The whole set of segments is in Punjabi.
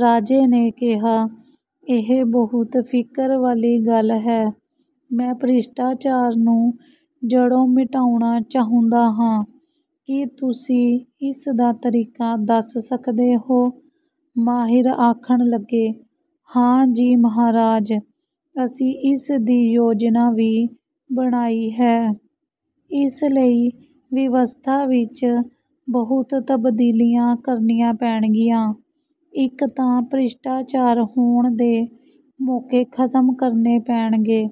ਰਾਜੇ ਨੇ ਕਿਹਾ, ''ਇਹ ਬਹੁਤ ਫਿਕਰ ਵਾਲੀ ਗੱਲ ਹੈ। ਮੈਂ ਭ੍ਰਿਸ਼ਟਾਚਾਰ ਨੂੰ ਜੜ੍ਹੋਂ ਮਿਟਾਉਣਾ ਚਾਹੁੰਦਾ ਹਾਂ। ਕੀ ਤੁਸੀਂ ਇਸ ਦਾ ਤਰੀਕਾ ਦੱਸ ਸਕਦੇ ਹੋ? " ਮਾਹਿਰ ਆਖਣ ਲੱਗੇ, ''ਹਾਂ ਜੀ ਮਹਾਰਾਜ, ਅਸੀਂ ਇਸ ਦੀ ਯੋਜਨਾ ਵੀ ਬਣਾਈ ਹੈ। ਇਸ ਲਈ ਵਿਵਸਥਾ ਵਿੱਚ ਬਹੁਤ ਤਬਦੀਲੀਆਂ ਕਰਨੀਆਂ ਪੈਣਗੀਆਂ। ਇੱਕ ਤਾਂ ਭ੍ਰਿਸ਼ਟਾਚਾਰ ਹੋਣ ਦੇ ਮੌਕੇ ਖਤਮ ਕਰਨੇ ਪੈਣਗੇ।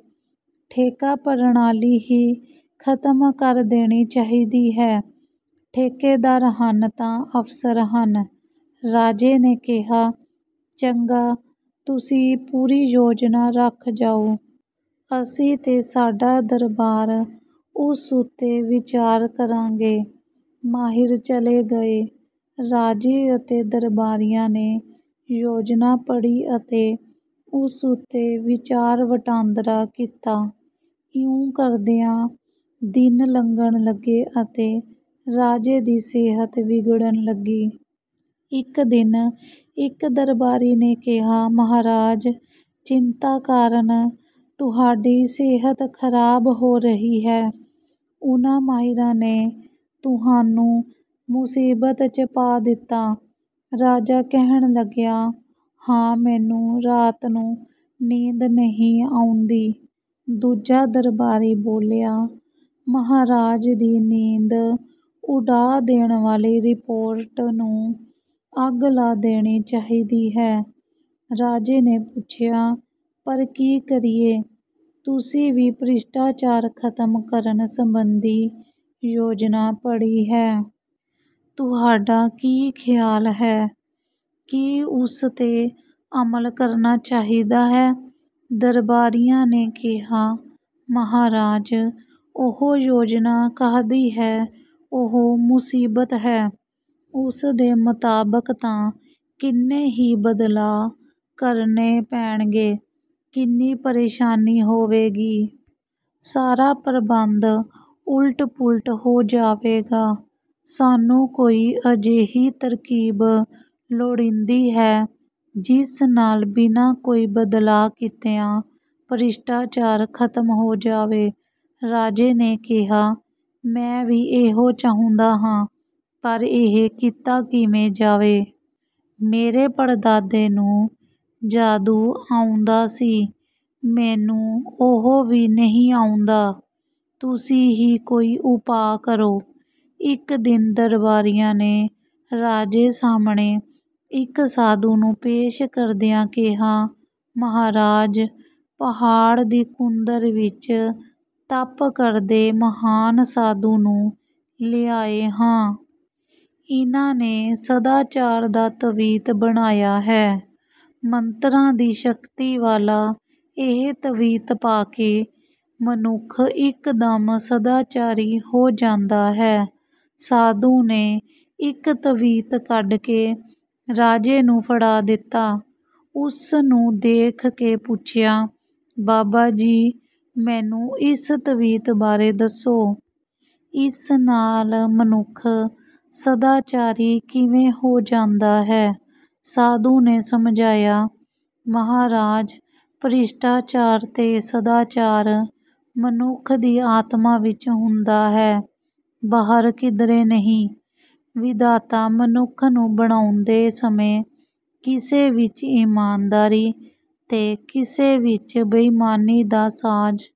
ਠੇਕਾ ਪ੍ਰਣਾਲੀ ਹੀ ਖਤਮ ਕਰ ਦੇਣੀ ਚਾਹੀਦੀ ਹੈ। ਠੇਕੇਦਾਰ ਹਨ ਤਾਂ ਅਫਸਰ ਹਨ। " ਰਾਜੇ ਨੇ ਕਿਹਾ, ''ਚੰਗਾ, ਤੁਸੀਂ ਪੂਰੀ ਯੋਜਨਾ ਰੱਖ ਜਾਓ। ਅਸੀਂ ਤੇ ਸਾਡਾ ਦਰਬਾਰ ਉਸ ਉੱਤੇ ਵਿਚਾਰ ਕਰਾਂਗੇ। " ਮਾਹਿਰ ਚਲੇ ਗਏ। ਰਾਜੇ ਅਤੇ ਦਰਬਾਰੀਆਂ ਨੇ ਯੋਜਨਾ ਪੜ੍ਹੀ ਅਤੇ ਉਸ ਉੱਤੇ ਵਿਚਾਰ ਵਟਾਂਦਰਾ ਕੀਤਾ। ਇਉਂ ਕਰਦਿਆਂ ਦਿਨ ਲੰਘਣ ਲੱਗੇ ਅਤੇ ਰਾਜੇ ਦੀ ਸਿਹਤ ਵਿਗੜਨ ਲੱਗੀ। ਇੱਕ ਦਿਨ ਇੱਕ ਦਰਬਾਰੀ ਨੇ ਕਿਹਾ, ''ਮਹਾਰਾਜ, ਚਿੰਤਾ ਕਾਰਨ ਤੁਹਾਡੀ ਸਿਹਤ ਖਰਾਬ ਹੋ ਰਹੀ ਹੈ। ਉਨ੍ਹਾਂ ਮਾਹਿਰਾਂ ਨੇ ਤੁਹਾਨੂੰ ਮੁਸੀਬਤ 'ਚ ਪਾ ਦਿੱਤਾ। " ਰਾਜਾ ਕਹਿਣ ਲੱਗਿਆ, ''ਹਾਂ, ਮੈਨੂੰ ਰਾਤ ਨੂੰ ਨੀਂਦ ਨਹੀਂ ਆਉਂਦੀ। " ਦੂਜਾ ਦਰਬਾਰੀ ਬੋਲਿਆ, ''ਮਹਾਰਾਜ ਦੀ ਨੀਂਦ ਉਡਾ ਦੇਣ ਵਾਲੀ ਰਿਪੋਰਟ ਨੂੰ ਅੱਗ ਲਾ ਦੇਣੀ ਚਾਹੀਦੀ ਹੈ। " ਰਾਜੇ ਨੇ ਪੁੱਛਿਆ, '' ਪਰ ਕੀ ਕਰੀਏ? ਤੁਸੀਂ ਵੀ ਭ੍ਰਿਸ਼ਟਾਚਾਰ ਖਤਮ ਕਰਨ ਸੰਬੰਧੀ ਯੋਜਨਾ ਪੜ੍ਹੀ ਹੈ। ਤੁਹਾਡਾ ਕੀ ਖਿਆਲ ਹੈ? ਕੀ ਉਸ 'ਤੇ ਅਮਲ ਕਰਨਾ ਚਾਹੀਦਾ ਹੈ? " ਦਰਬਾਰੀਆਂ ਨੇ ਕਿਹਾ, ''ਮਹਾਰਾਜ, ਉਹ ਯੋਜਨਾ ਕਾਹਦੀ ਹੈ, ਉਹ ਮੁਸੀਬਤ ਹੈ। ਉਸ ਦੇ ਮੁਤਾਬਕ ਤਾਂ ਕਿੰਨੇ ਹੀ ਬਦਲਾਅ ਕਰਨੇ ਪੈਣਗੇ। ਕਿੰਨੀ ਪ੍ਰੇਸ਼ਾਨੀ ਹੋਵੇਗੀ। ਸਾਰਾ ਪ੍ਰਬੰਧ ਉਲਟ ਪੁਲਟ ਹੋ ਜਾਵੇਗਾ। ਸਾਨੂੰ ਕੋਈ ਅਜਿਹੀ ਤਰਕੀਬ ਲੋੜੀਂਦੀ ਹੈ, ਜਿਸ ਨਾਲ ਬਿਨਾਂ ਕੋਈ ਬਦਲਾਅ ਕੀਤਿਆਂ ਭ੍ਰਿਸ਼ਟਾਚਾਰ ਖਤਮ ਹੋ ਜਾਵੇ। " ਰਾਜੇ ਨੇ ਕਿਹਾ, ''ਮੈਂ ਵੀ ਇਹੋ ਚਾਹੁੰਦਾ ਹਾਂ, ਪਰ ਇਹ ਕੀਤਾ ਕਿਵੇਂ ਜਾਵੇ? ਮੇਰੇ ਪੜਦਾਦੇ ਨੂੰ ਜਾਦੂ ਆਉਂਦਾ ਸੀ, ਮੈਨੂੰ ਉਹ ਵੀ ਨਹੀਂ ਆਉਂਦਾ। ਤੁਸੀਂ ਹੀ ਕੋਈ ਉਪਾਅ ਕਰੋ? " ਇੱਕ ਦਿਨ ਦਰਬਾਰੀਆਂ ਨੇ ਰਾਜੇ ਸਾਹਮਣੇ ਇੱਕ ਸਾਧੂ ਨੂੰ ਪੇਸ਼ ਕਰਦਿਆਂ ਕਿਹਾ, ''ਮਹਾਰਾਜ, ਪਹਾੜ ਦੀ ਕੁੰਦਰ ਵਿੱਚ ਤਪ ਕਰਦੇ ਮਹਾਨ ਸਾਧੂ ਨੂੰ ਲਿਆਏ ਹਾਂ। ਇਨ੍ਹਾਂ ਨੇ ਸਦਾਚਾਰ ਦਾ ਤਵੀਤ ਬਣਾਇਆ ਹੈ। ਮੰਤਰਾਂ ਦੀ ਸ਼ਕਤੀ ਵਾਲਾ ਇਹ ਤਵੀਤ ਪਾ ਕੇ ਮਨੁੱਖ ਇਕਦਮ ਸਦਾਚਾਰੀ ਹੋ ਜਾਂਦਾ ਹੈ। " ਸਾਧੂ ਨੇ ਇੱਕ ਤਵੀਤ ਕੱਢ ਕੇ ਰਾਜੇ ਨੂੰ ਫੜਾ ਦਿੱਤਾ। ਉਸ ਨੂੰ ਦੇਖ ਕੇ ਪੁੱਛਿਆ, ''ਬਾਬਾ ਜੀ, ਮੈਨੂੰ ਇਸ ਤਵੀਤ ਬਾਰੇ ਦੱਸੋ। ਇਸ ਨਾਲ ਮਨੁੱਖ ਸਦਾਚਾਰੀ ਕਿਵੇਂ ਹੋ ਜਾਂਦਾ ਹੈ? " ਸਾਧੂ ਨੇ ਸਮਝਾਇਆ, ''ਮਹਾਰਾਜ, ਭ੍ਰਿਸ਼ਟਾਚਾਰ ਤੇ ਸਦਾਚਾਰ ਮਨੁੱਖ ਦੀ ਆਤਮਾ ਵਿੱਚ ਹੁੰਦਾ ਹੈ, ਬਾਹਰ ਕਿਧਰੇ ਨਹੀਂ। ਵਿਧਾਤਾ ਮਨੁੱਖ ਨੂੰ ਬਣਾਉਂਦੇ ਸਮੇਂ ਕਿਸੇ ਵਿੱਚ ਇਮਾਨਦਾਰੀ ਤੇ ਕਿਸੇ ਵਿੱਚ ਬੇਈਮਾਨੀ ਦਾ ਸਾਜ਼